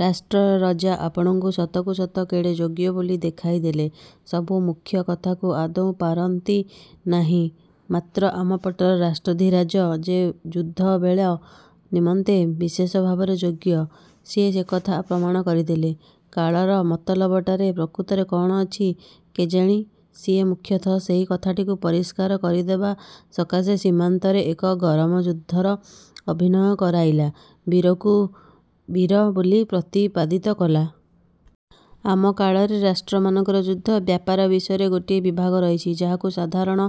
ରାଷ୍ଟ୍ରର ରଜା ଆପଣଙ୍କୁ ସତକୁ ସତ କେଡ଼େ ଯୋଗ୍ୟ ବୋଲି ଦେଖାଇଦେଲେ। ସବୁ ମୁଖ୍ୟ କଥାକୁ ଆଦୌ ପାରନ୍ତି ନାହିଁ। ମାତ୍ର ଆମ ପଟର ରାଷ୍ଟ୍ରଧିରାଜ ଯେ ଯୁଦ୍ଧବେଳ ନିମନ୍ତେ ବିଶେଷ ଭାବରେ ଯୋଗ୍ୟ, ସିଏ ସେକଥା ପ୍ରମାଣ କରିଦେଲେ। କାଳର ମତଲବଟାରେ ପ୍ରକୃତରେ କଣ ଅଛି କେଜାଣି ସିଏ ମୁଖ୍ୟତଃ ସେହି କଥାଟିକୁ ପରିଷ୍କାର କରିଦେବା ସକାଶେ ସୀମାନ୍ତରେ ଏକ ଗରମ ଯୁଦ୍ଧର ଅଭିନୟ କରାଇଲା, ବୀରକୁ ବୀର ବୋଲି ପ୍ରତିପାଦିତ କଲା। ଆମ କାଳରେ ରାଷ୍ଟ୍ରମାନଙ୍କର ଯୁଦ୍ଧ ବ୍ୟାପାର ବିଷୟରେ ଗୋଟିଏ ବିଭାଗ ରହିଛି, ଯାହାକୁ ସାଧାରଣ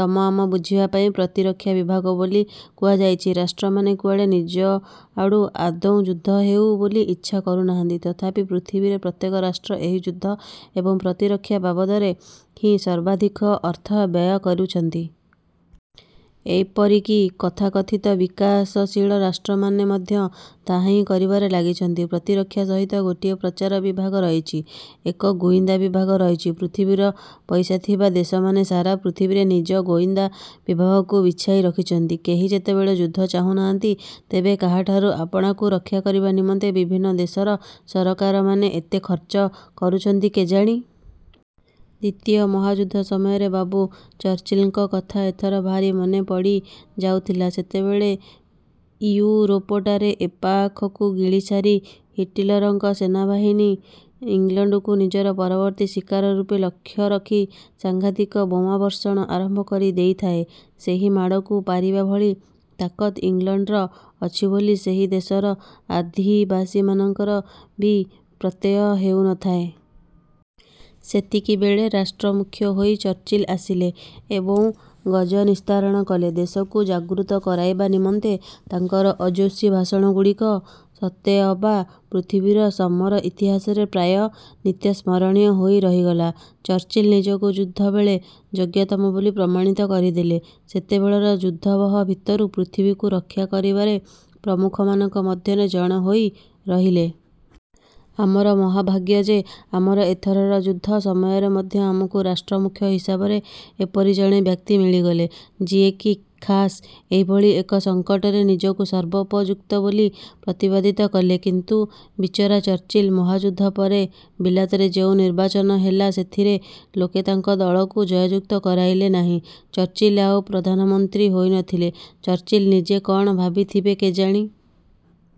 ତମ ଆମ ବୁଝିବା ପାଇଁ ପ୍ରତିରକ୍ଷା ବିଭାଗ ବୋଲି କୁହାଯାଇଛି। ରାଷ୍ଟ୍ରମାନେ କୁଆଡ଼େ ନିଜଆଡ଼ୁ ଆଦୌ ଯୁଦ୍ଧ ହେଉ ବୋଲି ଇଚ୍ଛା କରୁନାହାନ୍ତି। ତଥାପି ପୃଥିବୀରେ ପ୍ରତ୍ୟେକ ରାଷ୍ଟ୍ର ଏହି ଯୁଦ୍ଧ ଏବଂ ପ୍ରତିରକ୍ଷା ବାବଦରେ ହିଁ ସର୍ବାଧିକ ଅର୍ଥ ବ୍ୟୟ କରୁଛନ୍ତି। ଏପରିକି କଥାକଥିତ ବିକାଶଶୀଳ ରାଷ୍ଟ୍ରମାନେ ମଧ୍ୟ ତାହାହିଁ କରିବାରେ ଲାଗିଛନ୍ତି। ପ୍ରତିରକ୍ଷା ସହିତ ଗୋଟିଏ ପ୍ରଚାର ବିଭାଗ ରହିଛି, ଏକ ଗୋଇନ୍ଦା ବିଭାଗ ରହିଛି। ପୃଥିବୀର ପଇସାଥିବା ଦେଶମାନେ ସାରା ପୃଥିବୀରେ ନିଜ ଗୋଇନ୍ଦା ବିଭାଗକୁ ବିଛାଇ ରଖିଛନ୍ତି। କେହି ଯେତେବେଳେ ଯୁଦ୍ଧ ଚାହୁନାହାନ୍ତି, ତେବେ କାହାଠାରୁ ଆପଣାକୁ ରକ୍ଷା କରିବା ନିମନ୍ତେ ବିଭିନ୍ନ ଦେଶର ସରକାରମାନେ ଏତେ ଖର୍ଚ୍ଚ କରୁଛନ୍ତି କେଜାଣି? ଦ୍ଵିତୀୟ ମହାଯୁଦ୍ଧ ସମୟରେ ବାବୁ ଚର୍ଚ୍ଚିଲଙ୍କ କଥା ଏଥର ଭାରି ମନେ ପଡ଼ିଯାଉଥିଲା। ସେତେବେଳେ ଇଉରୋପଟାରେ ଏପାଖକୁ ଗିଳିସାରି ହିଟଲରଙ୍କ ସେନାବାହିନୀ ଇଂଲଣ୍ଡକୁ ନିଜର ପରବର୍ତ୍ତୀ ଶିକାର ରୂପେ ଲକ୍ଷ୍ୟ ରଖି ସାଂଘାତିକ ବୋମାବର୍ଷଣ ଆରମ୍ଭ କରି ଦେଇଥାଏ। ସେହି ମାଡ଼କୁ ପାରିବା ଭଳି ତାକତ ଇଂଲଣ୍ଡର ଅଛି ବୋଲି ସେହି ଦେଶର ଆଧିବାସୀମାନଙ୍କର ବି ପ୍ରତ୍ୟୟ ହେଉନଥାଏ। ସେତିକିବେଳେ ରାଷ୍ଟ୍ରମୁଖ୍ୟ ହୋଇ ଚର୍ଚ୍ଚିଲ ଆସିଲେ ଏବଂ ଗଜନିସ୍ତାରଣ କଲେ। ଦେଶକୁ ଜାଗୃତ କରାଇବା ନିମନ୍ତେ ତାଙ୍କର ଓଜସ୍ୱୀ ଭାଷଣଗୁଡ଼ିକ ସତେଅବା ପୃଥିବୀର ସମର ଇତିହାସରେ ପ୍ରାୟ ନିତ୍ୟସ୍ମରଣୀୟ ହୋଇ ରହିଗଲା। ଚର୍ଚ୍ଚିଲ୍ ନିଜକୁ ଯୁଦ୍ଧବେଳେ ଯୋଗ୍ୟତମ ବୋଲି ପ୍ରମାଣିତ କରିଦେଲେ। ସେତେବେଳର ଯୁଦ୍ଧାବହ ଭିତରୁ ପୃଥିବୀକୁ ରକ୍ଷା କରିବାରେ ପ୍ରମୁଖମାନଙ୍କ ମଧ୍ୟରେ ଜଣେ ହୋଇ ରହିଲେ। ଆମର ମହାଭାଗ୍ୟ ଯେ ଆମର ଏଥରର ଯୁଦ୍ଧ ସମୟରେ ମଧ୍ୟ ଆମକୁ ରାଷ୍ଟ୍ରମୁଖ୍ୟ ହିସାବରେ ଏପରି ଜଣେ ବ୍ୟକ୍ତି ମିଳିଗଲେ ଯିଏକି ଖାସ୍ ଏହିଭଳି ଏକ ସଂକଟରେ ନିଜକୁ ସର୍ବୋପଯୁକ୍ତ ବୋଲି ପ୍ରତିପାଦିତ କଲେ କିନ୍ତୁ ବିଚରା ଚର୍ଚ୍ଚିଲ। ମହାଯୁଦ୍ଧ ପରେ ବିଲାତରେ ଯେଉଁ ନିର୍ବାଚନ ହେଲା, ସେଥିରେ ଲୋକେ ତାଙ୍କ ଦଳକୁ ଜୟଯୁକ୍ତ କରାଇଲେ ନାହିଁ। ଚର୍ଚ୍ଚିଲ ଆଉ ପ୍ରଧାନମନ୍ତ୍ରୀ ହୋଇନଥିଲେ। ଚର୍ଚ୍ଚିଲ ନିଜେ କଣ ଭାବିଥିବେ କେଜାଣି,